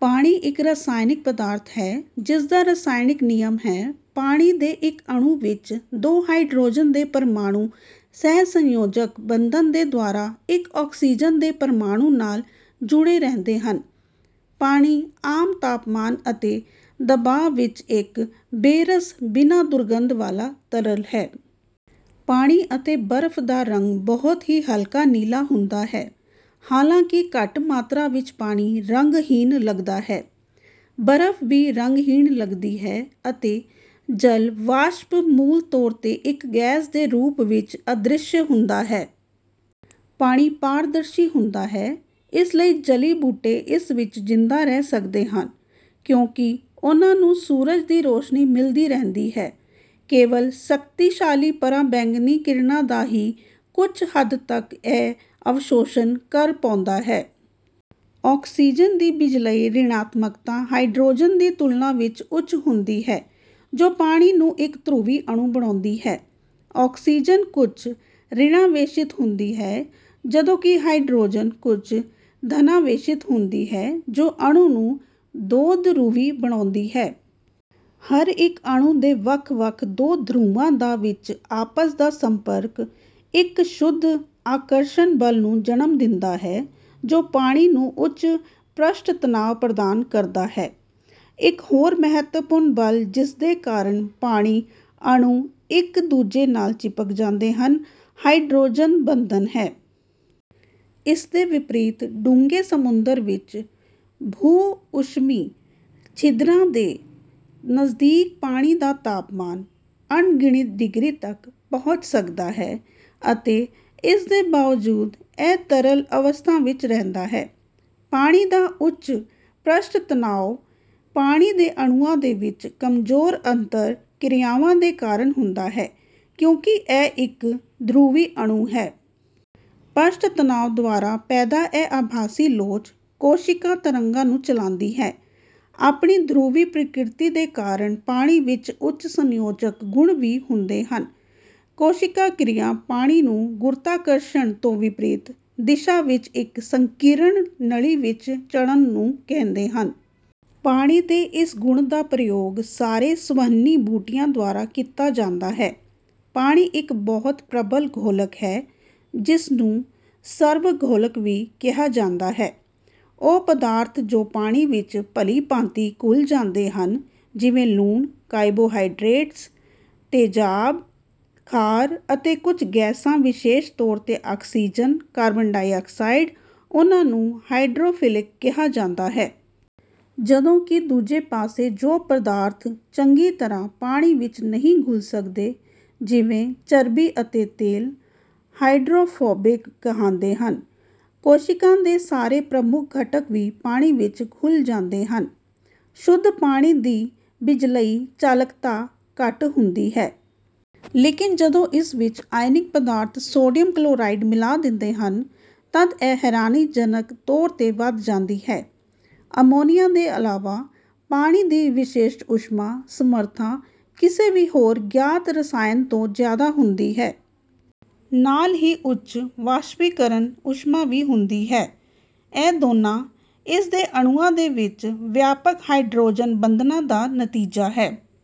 ਪਾਣੀ ਇੱਕ ਰਸਾਇਣਕ ਪਦਾਰਥ ਹੈ ਜਿਸਦਾ ਰਸਾਇਣਕ ਨਿਯਮ ਹੈ: ਪਾਣੀ ਦੇ ਇੱਕ ਅਣੂ ਵਿੱਚ ਦੋ ਹਾਈਡਰੋਜਨ ਦੇ ਪਰਮਾਣੁ ਸਹਿਸੰਯੋਜਕ ਬੰਧਨ ਦੇ ਦੁਆਰਾ ਇੱਕ ਆਕਸੀਜਨ ਦੇ ਪਰਮਾਣੁ ਨਾਲ ਜੁੜੇ ਰਹਿੰਦੇ ਹਨ। ਪਾਣੀ ਆਮ ਤਾਪਮਾਨ ਅਤੇ ਦਬਾਅ ਵਿੱਚ ਇੱਕ ਬੇਰਸ, ਬਿਨਾਂ ਦੁਰਗੰਧ ਵਾਲਾ ਤਰਲ ਹੈ। ਪਾਣੀ ਅਤੇ ਬਰਫ ਦਾ ਰੰਗ ਬਹੁਤ ਹੀ ਹਲਕਾ ਨੀਲਾ ਹੁੰਦਾ ਹੈ, ਹਾਲਾਂਕਿ ਘੱਟ ਮਾਤਰਾ ਵਿੱਚ ਪਾਣੀ ਰੰਗਹੀਨ ਲੱਗਦਾ ਹੈ। ਬਰਫ ਵੀ ਰੰਗਹੀਨ ਲੱਗਦੀ ਹੈ, ਅਤੇ ਜਲ ਵਾਸ਼ਪ ਮੂਲ ਤੌਰ 'ਤੇ ਇੱਕ ਗੈਸ ਦੇ ਰੂਪ ਵਿੱਚ ਅਦ੍ਰਿਸ਼ ਹੁੰਦਾ ਹੈ। ਪਾਣੀ ਪਾਰਦਰਸ਼ੀ ਹੁੰਦਾ ਹੈ, ਇਸ ਲਈ ਜਲੀ ਬੂਟੇ ਇਸ ਵਿੱਚ ਜਿੰਦਾ ਰਹਿ ਸਕਦੇ ਹਨ ਕਿਉਂਕਿ ਉਹਨਾਂ ਨੂੰ ਸੂਰਜ ਦੀ ਰੋਸ਼ਨੀ ਮਿਲਦੀ ਰਹਿੰਦੀ ਹੈ। ਕੇਵਲ ਸ਼ਕਤੀਸ਼ਾਲੀ ਪਰਾਬੈਂਗਨੀ ਕਿਰਨਾਂ ਦਾ ਹੀ ਕੁੱਝ ਹੱਦ ਤੱਕ ਇਹ ਅਵਸ਼ੋਸ਼ਣ ਕਰ ਪਾਉਂਦਾ ਹੈ। ਆਕਸੀਜਨ ਦੀ ਬਿਜਲਈ ਰਿਣਾਤਮਕਤਾ ਹਾਈਡਰੋਜਨ ਦੀ ਤੁਲਣਾ ਵਿੱਚ ਉੱਚ ਹੁੰਦੀ ਹੈ ਜੋ ਪਾਣੀ ਨੂੰ ਇੱਕ ਧਰੁਵੀ ਅਣੂ ਬਣਾਉਂਦੀ ਹੈ। ਆਕਸੀਜਨ ਕੁੱਝ ਰਿਣਾਵੇਸ਼ਿਤ ਹੁੰਦੀ ਹੈ, ਜਦੋਂ ਕਿ ਹਾਈਡਰੋਜਨ ਕੁੱਝ ਧਨਾਵੇਸ਼ਿਤ ਹੁੰਦੀ ਹੈ ਜੋ ਅਣੂ ਨੂੰ ਦੋਧਰੁਵੀ ਬਣਾਉਂਦੀ ਹੈ। ਹਰ ਇੱਕ ਅਣੂ ਦੇ ਵੱਖ ਵੱਖ ਦੋ ਧਰੁਵਾਂ ਦਾ ਵਿੱਚ ਆਪਸ ਦਾ ਸੰਪਰਕ ਇੱਕ ਸ਼ੁੱਧ ਆਕਰਸ਼ਣ ਬਲ ਨੂੰ ਜਨਮ ਦਿੰਦਾ ਹੈ ਜੋ ਪਾਣੀ ਨੂੰ ਉੱਚ ਪ੍ਰਸ਼ਟ ਤਨਾਵ ਪ੍ਰਦਾਨ ਕਰਦਾ ਹੈ। ਇੱਕ ਹੋਰ ਮਹੱਤਵਪੂਰਨ ਬਲ ਜਿਸਦੇ ਕਾਰਨ ਪਾਣੀ ਅਣੂ ਇੱਕ ਦੂਜੇ ਨਾਲ ਚਿਪਕ ਜਾਂਦੇ ਹਨ, ਹਾਈਡਰੋਜਨ ਬੰਧਨ ਹੈ। ਇਸ ਦੇ ਵਿਪਰੀਤ ਡੂੰਘੇ ਸਮੁੰਦਰ ਵਿੱਚ ਭੂ – ਊਸ਼ਮੀ ਛਿਦਰਾਂ ਦੇ ਨਜ਼ਦੀਕ ਪਾਣੀ ਦਾ ਤਾਪਮਾਨ ਅਣਗਿਣਤ ਡਿਗਰੀ ਤੱਕ ਪਹੁੰਚ ਸਕਦਾ ਹੈ ਅਤੇ ਇਸ ਦੇ ਬਾਵਜੂਦ ਇਹ ਤਰਲ ਅਵਸਥਾ ਵਿੱਚ ਰਹਿੰਦਾ ਹੈ। ਪਾਣੀ ਦਾ ਉੱਚ ਪ੍ਰਸ਼ਟ ਤਣਾਉ, ਪਾਣੀ ਦੇ ਅਣੂਆਂ ਦੇ ਵਿੱਚ ਕਮਜੋਰ ਅੰਤਰ ਕਿਰਿਆਵਾਂ ਦੇ ਕਾਰਨ ਹੁੰਦਾ ਹੈ ਕਿਉਂਕਿ ਇਹ ਇੱਕ ਧਰੁਵੀ ਅਣੂ ਹੈ। ਪ੍ਰਸ਼ਟ ਤਨਾਵ ਦੁਆਰਾ ਪੈਦਾ ਇਹ ਆਭਾਸੀ ਲੋਚ, ਕੇਸ਼ਿਕਾ ਤਰੰਗਾਂ ਨੂੰ ਚਲਾਂਦੀ ਹੈ। ਆਪਣੀ ਧਰੁਵੀ ਪ੍ਰਕ੍ਰਿਤੀ ਦੇ ਕਾਰਨ ਪਾਣੀ ਵਿੱਚ ਉੱਚ ਸੰਯੋਜਕ ਗੁਣ ਵੀ ਹੁੰਦੇ ਹਨ। ਕੇਸ਼ਿਕਾ ਕਿਰਿਆ, ਪਾਣੀ ਨੂੰ ਗੁਰੁਤਾਕਰਸ਼ਣ ਤੋਂ ਵਿਪਰੀਤ ਦਿਸ਼ਾ ਵਿੱਚ ਇੱਕ ਸੰਕੀਰਣ ਨਲੀ ਵਿੱਚ ਚੜ੍ਹਨ ਨੂੰ ਕਹਿੰਦੇ ਹਨ। ਪਾਣੀ ਦੇ ਇਸ ਗੁਣ ਦਾ ਪ੍ਰਯੋਗ ਸਾਰੇ ਸੰਵਹਨੀ ਬੂਟਿਆਂ ਦੁਆਰਾ ਕੀਤਾ ਜਾਂਦਾ ਹੈ। ਪਾਣੀ ਇੱਕ ਬਹੁਤ ਪ੍ਰਬਲ ਘੋਲਕ ਹੈ, ਜਿਸ ਨੂੰ ਸਰਵ ਘੋਲਕ ਵੀ ਕਿਹਾ ਜਾਂਦਾ ਹੈ। ਉਹ ਪਦਾਰਥ ਜੋ ਪਾਣੀ ਵਿੱਚ ਭਲੀ ਭਾਂਤੀ ਘੁਲ ਜਾਂਦੇ ਹਨ ਜਿਵੇਂ ਲੂਣ, ਕਾਰਬੋਹਾਈਡ੍ਰੇਟਸ, ਤੇਜਾਬ, ਖਾਰ, ਅਤੇ ਕੁੱਝ ਗੈਸਾਂ ਵਿਸ਼ੇਸ਼ ਤੌਰ 'ਤੇ ਆਕਸੀਜਨ, ਕਾਰਬਨ ਡਾਇਆਕਸਾਈਡ ਉਹਨਾਂ ਨੂੰ ਹਾਈਡਰੋਫਿਲਿਕ ਕਿਹਾ ਜਾਂਦਾ ਹੈ। ਜਦੋਂ ਕਿ ਦੂਜੇ ਪਾਸੇ ਜੋ ਪਦਾਰਥ ਚੰਗੀ ਤਰ੍ਹਾਂ ਪਾਣੀ ਵਿੱਚ ਨਹੀਂ ਘੁਲ ਸਕਦੇ ਜਿਵੇਂ ਚਰਬੀ ਅਤੇ ਤੇਲ, ਹਾਈਡਰੋਫੋਬਿਕ ਕਹਾਂਦੇ ਹਨ। ਕੋਸ਼ਿਕਾ ਦੇ ਸਾਰੇ ਪ੍ਰਮੁੱਖ ਘਟਕ ਵੀ ਪਾਣੀ ਵਿੱਚ ਘੁਲ ਜਾਂਦੇ ਹਨ। ਸ਼ੁੱਧ ਪਾਣੀ ਦੀ ਬਿਜਲਈ ਚਾਲਕਤਾ ਘੱਟ ਹੁੰਦੀ ਹੈ। ਲੇਕਿਨ ਜਦੋਂ ਇਸ ਵਿੱਚ ਆਇਨਕ ਪਦਾਰਥ ਸੋਡੀਅਮ ਕਲੋਰਾਈਡ ਮਿਲਾ ਦਿੰਦੇ ਹਨ ਤੱਦ ਇਹ ਹੈਰਾਨੀਜਨਕ ਤੌਰ 'ਤੇ ਵੱਧ ਜਾਂਦੀ ਹੈ। ਅਮੋਨੀਆ ਦੇ ਇਲਾਵਾ, ਪਾਣੀ ਦੀ ਵਿਸ਼ਿਸ਼ਟ ਊਸ਼ਮਾ ਸਮਰੱਥਾ ਕਿਸੇ ਵੀ ਹੋਰ ਗਿਆਤ ਰਸਾਇਣ ਤੋਂ ਜਿਆਦਾ ਹੁੰਦੀ ਹੈ। ਨਾਲ ਹੀ ਉੱਚ ਵਾਸਪੀਕਰਨ ਊਸ਼ਮਾ ਵੀ ਹੁੰਦੀ ਹੈ। ਇਹ ਦੋਨਾਂ ਇਸ ਦੇ ਅਣੂਆਂ ਦੇ ਵਿੱਚ ਵਿਆਪਕ ਹਾਇਡਰੋਜਨ ਬੰਧਨਾਂ ਦਾ ਨਤੀਜਾ ਹੈ।